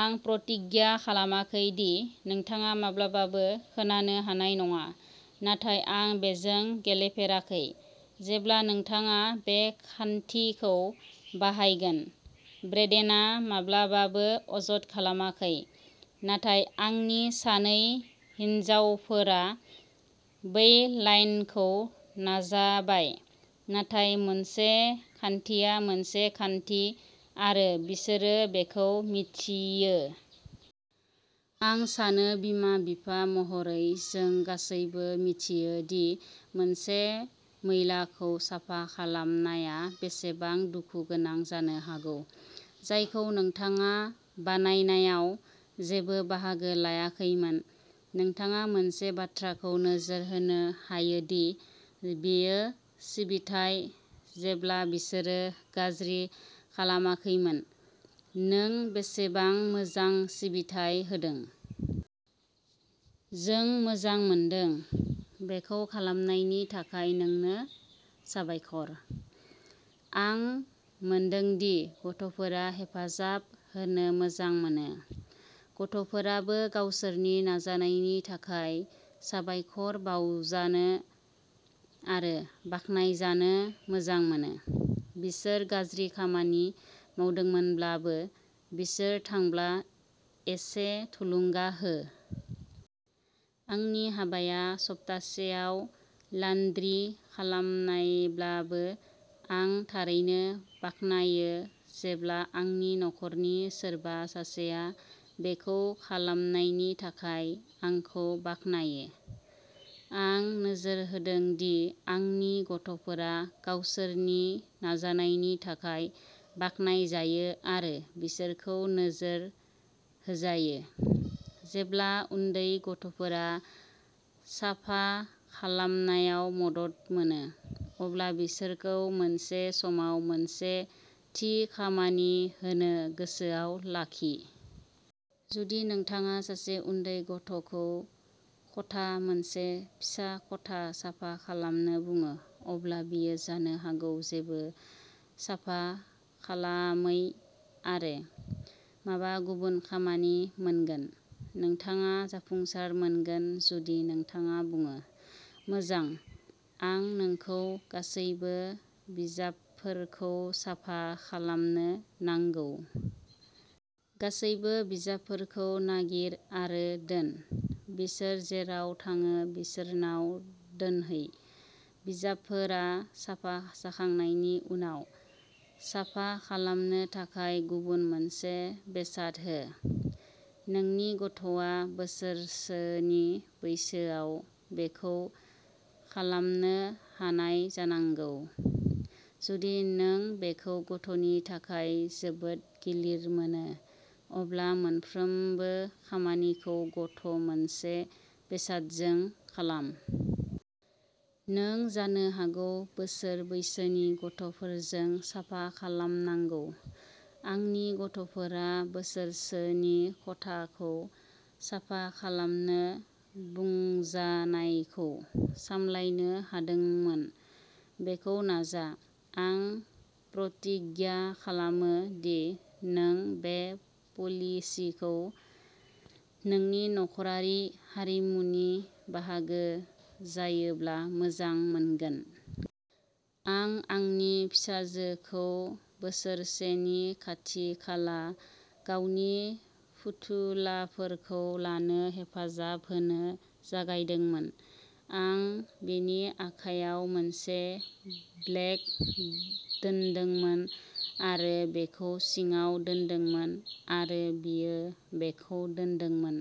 आं प्रतिज्ञा खालामाखै दि नोंथांङा माब्लाबाबो खोनानो हानाय नंङा" नाथाय आं बेजों गेलेफेराखै! "जेब्ला नोंथांङा बे खान्थिखौ बाहायगोन। ब्रेडेनआ माब्लाबाबो अजद खालामाखै, नाथाय आंनि सानै हिनजावफोरा बै लाइनखौ नाजाबाय। नाथाय मोनसे खान्थिया मोनसे खान्थि, आरो बिसोरो बेखौ मिथियो। आं सानो बिमा-बिफा महरै जों गासैबो मिथियो दि मोनसे मैलाखौ साफा खालामनाया बेसेबां दुखु गोनां जानो हागौ, जायखौ नोंथांङा बानायनायाव जेबो बाहागो लायाखैमोन। नोंथांङा मोनसे बाथ्राखौ नोजोर होनो हायो दि बेयो सिबिथाइ, जेब्ला बिसोरो गाज्रि खालामाखैमोन," नों बेसेबां मोजां सिबिथाइ होदों? " जों मोजां मोनदों! बेखौ खालामनायनि थाखाय नोंनो साबायखर! "आं मोनदों दि गथ'फोरा हेफाजाब होनो मोजां मोनो। गथ'फोराबो गावसोरनि नाजानायनि थाखाय साबायखर बावजानो आरो बाख्नायजानो मोजां मोनो। बिसोर गाज्रि खामानि मावदोंमोनब्लाबो, बिसोर थांब्ला एसे थुलुंगा हो। आंनि हाबाया सप्तासेयाव लान्ड्रि खालामनायब्लाबो, आं थारैनो बाख्नायो जेब्ला आंनि नखरनि सोरबा सासेआ बेखौ खालामनायनि थाखाय आंखौ बाख्नायो। आं नोजोर होदों दि आंनि गथ'फोरा गावसोरनि नाजानायनि थाखाय बाख्नायजायो आरो बिसोरखौ नोजोर होजायो। जेब्ला उन्दै गथ'फोरा साफा खालामनायाव मदद मोनो, अब्ला बिसोरखौ मोनसे समाव मोनसे थि खामानि होनो गोसोआव लाखि। जुदि नोंथांङा सासे उन्दै गथ'खौ खथा, मोनसे फिसा खथा साफा खालामनो बुंङो, अब्ला बियो जानो हागौ जेबो साफा खालामै आरो माबा गुबुन खामानि मोनगोन। नोंथांङा जाफुंसार मोनगोन जुदि नोंथांङा बुंङो," मोजां, आं नोंखौ गासैबो बिजाबफोरखौ साफा खालामनो नांगौ। गासैबो बिजाबफोरखौ नागिर आरो दोन। बिसोर जेराव थांङो बिसोरनाव दोनहै। "बिजाबफोरा साफा जाखांनायनि उनाव, साफा खालामनो थाखाय गुबुन मोनसे बेसाद हो। नोंनि गथ'आ बोसोरसोनि बैसोआव बेखौ खालामनो हानाय जानांगौ। जुदि नों बेखौ गथ'नि थाखाय जोबोद गिलिर मोनो, अब्ला मोनफ्रोमबो खामानिखौ गथ'- मोनसे बेसादजों खालाम। नों जानो हागौ बोसोर बैसोनि गथ'फोरजों साफा खालामनांगौ। आंनि गथ'फोरा बोसोरसोनि खथाखौ साफा खालामनो बुंजानायखौ सामलायनो हादोंमोन। बेखौ नाजा! आं प्रतिज्ञा खालामो दि नों बे पलिसिखौ नोंनि नखरारि हारिमुनि बाहागो जायोब्ला मोजां मोनगोन। आं आंनि फिसाजोखौ बोसोरसेनि खाथिखाला गावनि फुथुलाफोरखौ लानो हेफाजाब होनो जागायदोंमोन। आं बिनि आखायाव मोनसे ब्लेक दोनदोंमोन आरो बेखौ सिंङाव दोनदोंमोन, आरो बियो बेखौ दोनदोंमोन।